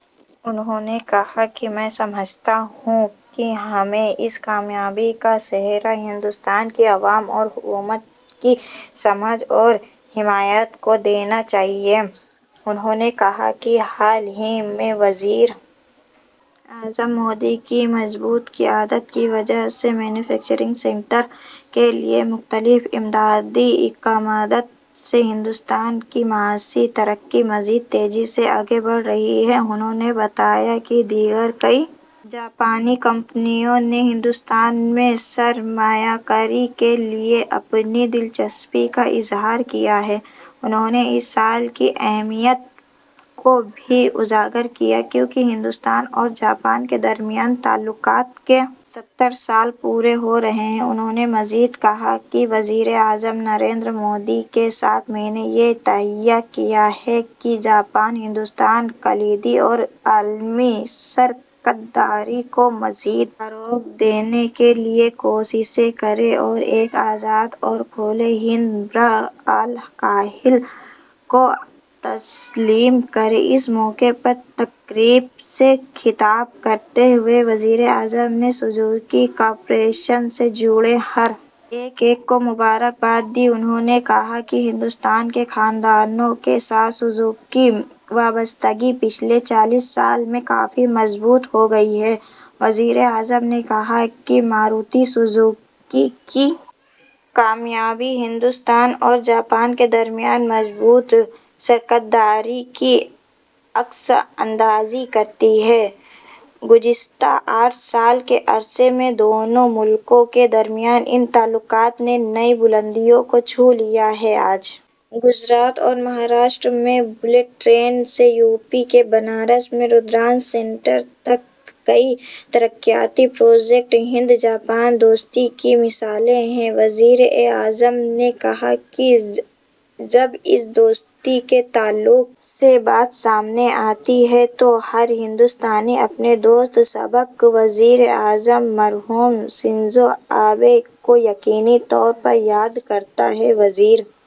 انہوں نے کہا کہ میں سمجھتا ہوں کہ ہمیں اس کامیابی کا سہرا ہندوستان کی عوام اور حکومت کی سمجھ اور حمایت کو دینا چاہیے انہوں نے کہا کہ حال ہی میں وزیر اعظم مودی کی مضبوط قیادت کی وجہ سے مینوفیکچرنگ سیکٹر کے لیے مختلف امدادی اقدامات سے ہندوستان کی معاشی ترقی مزید تیزی سے آگے بڑھ رہی ہے انہوں نے بتایا کہ دیگر کئی جاپانی کمپنیوں نے ہندوستان میں سرمایہ کاری کے لیے اپنی دلچسپی کا اظہار کیا ہے انہوں نے اس سال کی اہمیت کو بھی اجاگر کیا کیونکہ ہندوستان اور جاپان کے درمیان تعلقات کے ستر سال پورے ہو رہے ہیں انہوں نے مزید کہا کہ وزیر اعظم نریندر مودی کے ساتھ میں نے یہ تہیہ کیا ہے کہ جاپان ہندوستان کلیدی اور عالمی شراکت داری کو مزید فروغ دینے کے لیے کوششیں کریں اور ایک آزاد اور کھلے ہند بحر الکاہل کو تسلیم کریں اس موقع پر تقریب سے خطاب کرتے ہوئے وزیر اعظم نے سوزوکی کارپوریشن سے جڑے ہر ایک کو مبارکباد دی انہوں نے کہا کہ ہندوستان کے کنبوں کے ساتھ سوزوکی کی وابستگی پچھلے چالیس سال میں کافی مضبوط ہو گئی ہے وزیر اعظم نے کہا کہ ماروتی سوزوکی کی کامیابی ہندوستان اور جاپان کے درمیان مضبوط شراکت داری کی عکاسی کرتی ہے گزشتہ آٹھ سال کے عرصے میں دونوں ملکوں کے درمیان ان تعلقات نے نئی بلندیوں کو چھو لیا ہے آج گجرات اور مہاراشٹر میں بلٹ ٹرین سے یوپی کے بنارس میں رودراکش سینٹر تک کئی ترقیاتی پروجیکٹ ہند جاپان دوستی کی مثالیں ہیں وزیر اعظم نے کہا کہ جب اس دوستی کے تعلق سے بات سامنے آتی ہے تو ہر ہندوستانی اپنے دوست سابق وزیر اعظم آنجہانی شنزو آبے کو یقینی طور پر یاد کرتا ہے وزیر